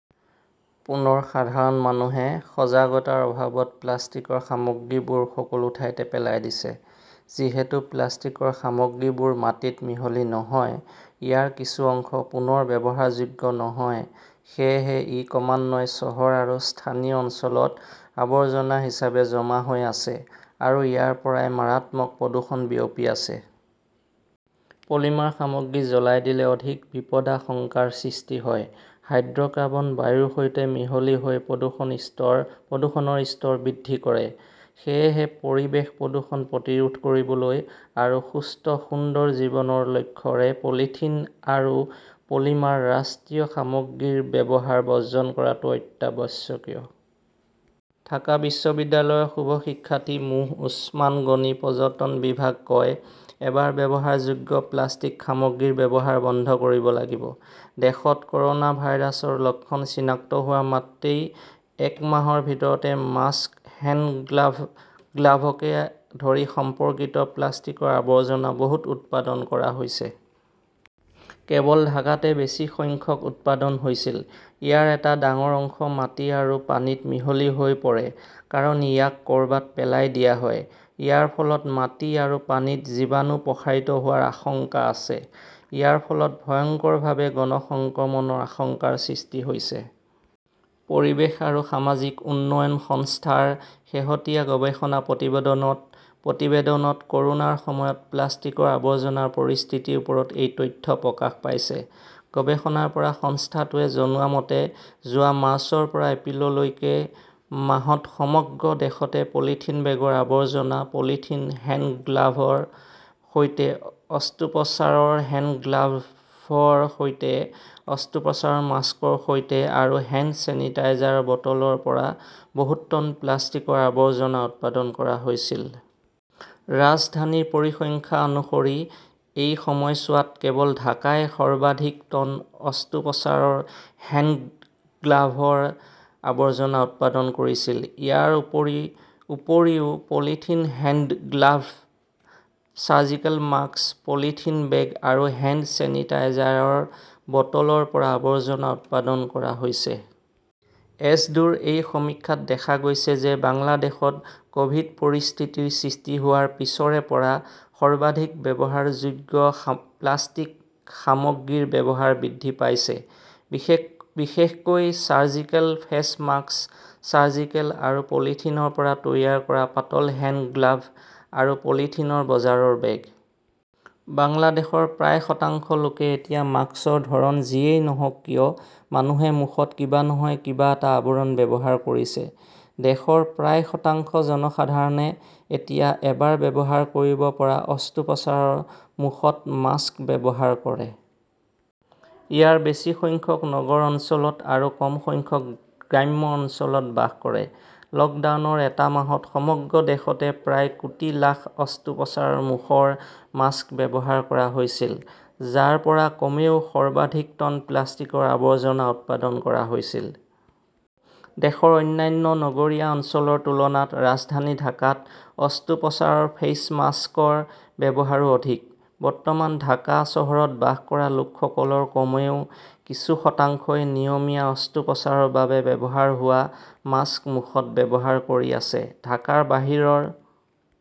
পুনৰ সাধাৰণ মানুহে সজাগতাৰ অভাৱত প্লাষ্টিকৰ সামগ্ৰীবোৰ সকলো ঠাইতে পেলাই দিছে। যিহেতু প্লাষ্টিকৰ সামগ্ৰীবোৰ মাটিত মিহলি নহয়, ইয়াৰ কিছু অংশ পুনৰ ব্যৱহাৰ যোগ্য নহয়, সেয়েহে ই ক্ৰমান্বয়ে চহৰ আৰু স্থানীয় অঞ্চলত আৱৰ্জনা হিচাপে জমা হৈ আছে আৰু ইয়াৰ পৰাই মাৰাত্মক প্ৰদূষণ বিয়পি আছে। পলিমাৰ সামগ্ৰী জ্বলাই দিলে অধিক বিপদাশংকাৰ সৃষ্টি হয়। হাইড্ৰ'কাৰ্বন বায়ুৰ সৈতে মিহলি হৈ প্ৰদূষণৰ স্তৰ বৃদ্ধি কৰে। সেয়েহে পৰিৱেশ প্ৰদূষণ প্ৰতিৰোধ কৰিবলৈ আৰু সুস্থ-সুন্দৰ জীৱনৰ লক্ষ্যৰে পলিথিন আৰু পলিমাৰ ৰাষ্ট্ৰীয় সামগ্ৰীৰ ব্যৱহাৰ বৰ্জন কৰাটো অত্যাৱশ্যকীয়। ঢাকা বিশ্ববিদ্যালয়ৰ শুভ শিক্ষাৰ্থী মো. ওছমান গনি ,পৰ্যটন বিভাগ কয় "এবাৰ ব্যৱহাৰযোগ্য প্লাষ্টিক সামগ্ৰীৰ ব্যৱহাৰ বন্ধ কৰিব লাগিব"। দেশত কৰ'না ভাইৰাছৰ লক্ষণ চিনাক্ত হোৱাৰ মাত্ৰই এক মাহৰ ভিতৰতে মাস্ক, হেণ্ডগ্লাভকে ধৰি সম্পৰ্কিত প্লাষ্টিকৰ আৱৰ্জনা বহুত উৎপাদন কৰা হৈছে। কেৱল ঢাকাতে বেছি সংখ্যক উৎপাদন হৈছিল। ইয়াৰ এটা ডাঙৰ অংশ মাটি আৰু পানীত মিহলি হৈ পৰে কাৰণ ইয়াক ক'ৰবাত পেলাই দিয়া হয়। ইয়াৰ ফলত মাটি আৰু পানীত জীৱাণু প্ৰসাৰিত হোৱাৰ আশংকা আছে। ইয়াৰ ফলত ভয়ংকৰভাৱে গণ সংক্ৰমণৰ আশংকাৰ সৃষ্টি হৈছে। পৰিৱেশ আৰু সামাজিক উন্নয়ন সংস্থাৰ শেহতীয়া গৱেষণা প্ৰতিবেদনত ক'ৰোনাৰ সময়ত প্লাষ্টিকৰ আৱৰ্জনাৰ পৰিস্থিতিৰ ওপৰত এই তথ্য প্ৰকাশ পাইছে। গৱেষণাৰ পৰা সংস্থাটোৱে জনোৱা মতে, যোৱা মাৰ্চৰ পৰা এপ্ৰিললৈকে মাহত সমগ্ৰ দেশতে পলিথিন বেগৰ আৱৰ্জনা, পলিথিন হেণ্ডগ্লাভৰ সৈতে, অস্ত্ৰোপচাৰৰ হেণ্ডগ্লাভৰ সৈতে, অস্ত্ৰোপচাৰৰ মাস্কৰ সৈতে আৰু হেণ্ড ছেনিটাইজাৰৰ বটলৰ পৰা বহুত টন প্লাষ্টিকৰ আৱৰ্জনা উৎপাদন কৰা হৈছিল। ৰাজধানীৰ পৰিসংখ্যা অনুসৰি, এই সময়ছোৱাত কেৱল ঢাকাই সৰ্বাধিক টন অস্ত্ৰোপচাৰৰ হেণ্ডগ্লাভৰ আৱৰ্জনা উৎপাদন কৰিছিল। ইয়াৰ উপৰিও polythene hand glove, surgical mask, polythene bag আৰু হেণ্ড ছেনিটাইজাৰৰ বটলৰ পৰা আৱৰ্জনা উৎপাদন কৰা হৈছে। এছডোৰ সেই সমীক্ষাত দেখা গৈছে যে বাংলাদেশত ক'ভিড পৰিস্থিতিৰ সৃষ্টি হোৱাৰ পিছৰে পৰা সৰ্বাধিক ব্যৱহাৰযোগ্য প্লাষ্টিক সামগ্ৰীৰ ব্যৱহাৰ বৃদ্ধি পাইছে বিশেষকৈ চাৰ্জিকেল ফেছ মাস্ক, চাৰ্জিকেল আৰু পলিথিনৰ পৰা তৈয়াৰ কৰা পাতল হেণ্ডগ্লাভ আৰু পলিথিনৰ বজাৰৰ বেগ। বাংলাদেশৰ প্ৰায় শতাংশ লোকে এতিয়া মাস্কৰ ধৰণ যিয়েই নহওক কিয়, মানুহে মুখত কিবা নহয় কিবা এটা আৱৰণ ব্যৱহাৰ কৰিছে। দেশৰ প্ৰায় শতাংশ জনসাধাৰণে এতিয়া এবাৰ ব্যৱহাৰ কৰিব পৰা অস্ত্ৰোপচাৰৰ মুখত মাস্ক ব্যৱহাৰ কৰে। ইয়াৰ বেছি সংখ্যক নগৰ অঞ্চলত আৰু কম সংখ্যক গ্ৰাম্য অঞ্চলত বাস কৰে। লকডাউনৰ এটা মাহত সমগ্ৰ দেশতে প্ৰায় কোটি লাখ অস্ত্ৰোপচাৰৰ মুখৰ মাস্ক ব্যৱহাৰ কৰা হৈছিল, যাৰ পৰা কমেও সৰ্বাধিক টন প্লাষ্টিকৰ আৱৰ্জনা উৎপাদন কৰা হৈছিল। দেশৰ অন্যান্য নগৰীয়া অঞ্চলৰ তুলনাত ৰাজধানী ঢাকাত অস্ত্ৰোপচাৰৰ ফেইচ মাস্কৰ ব্যৱহাৰো অধিক। বৰ্তমান ঢাকা চহৰত বাস কৰা লোকসকলৰ কমেও কিছু শতাংশই নিয়মীয়া অস্ত্ৰোপচাৰৰ বাবে ব্যৱহাৰ হোৱা মাস্ক মুখত ব্যৱহাৰ কৰি আছে। ঢাকাৰ বাহিৰৰ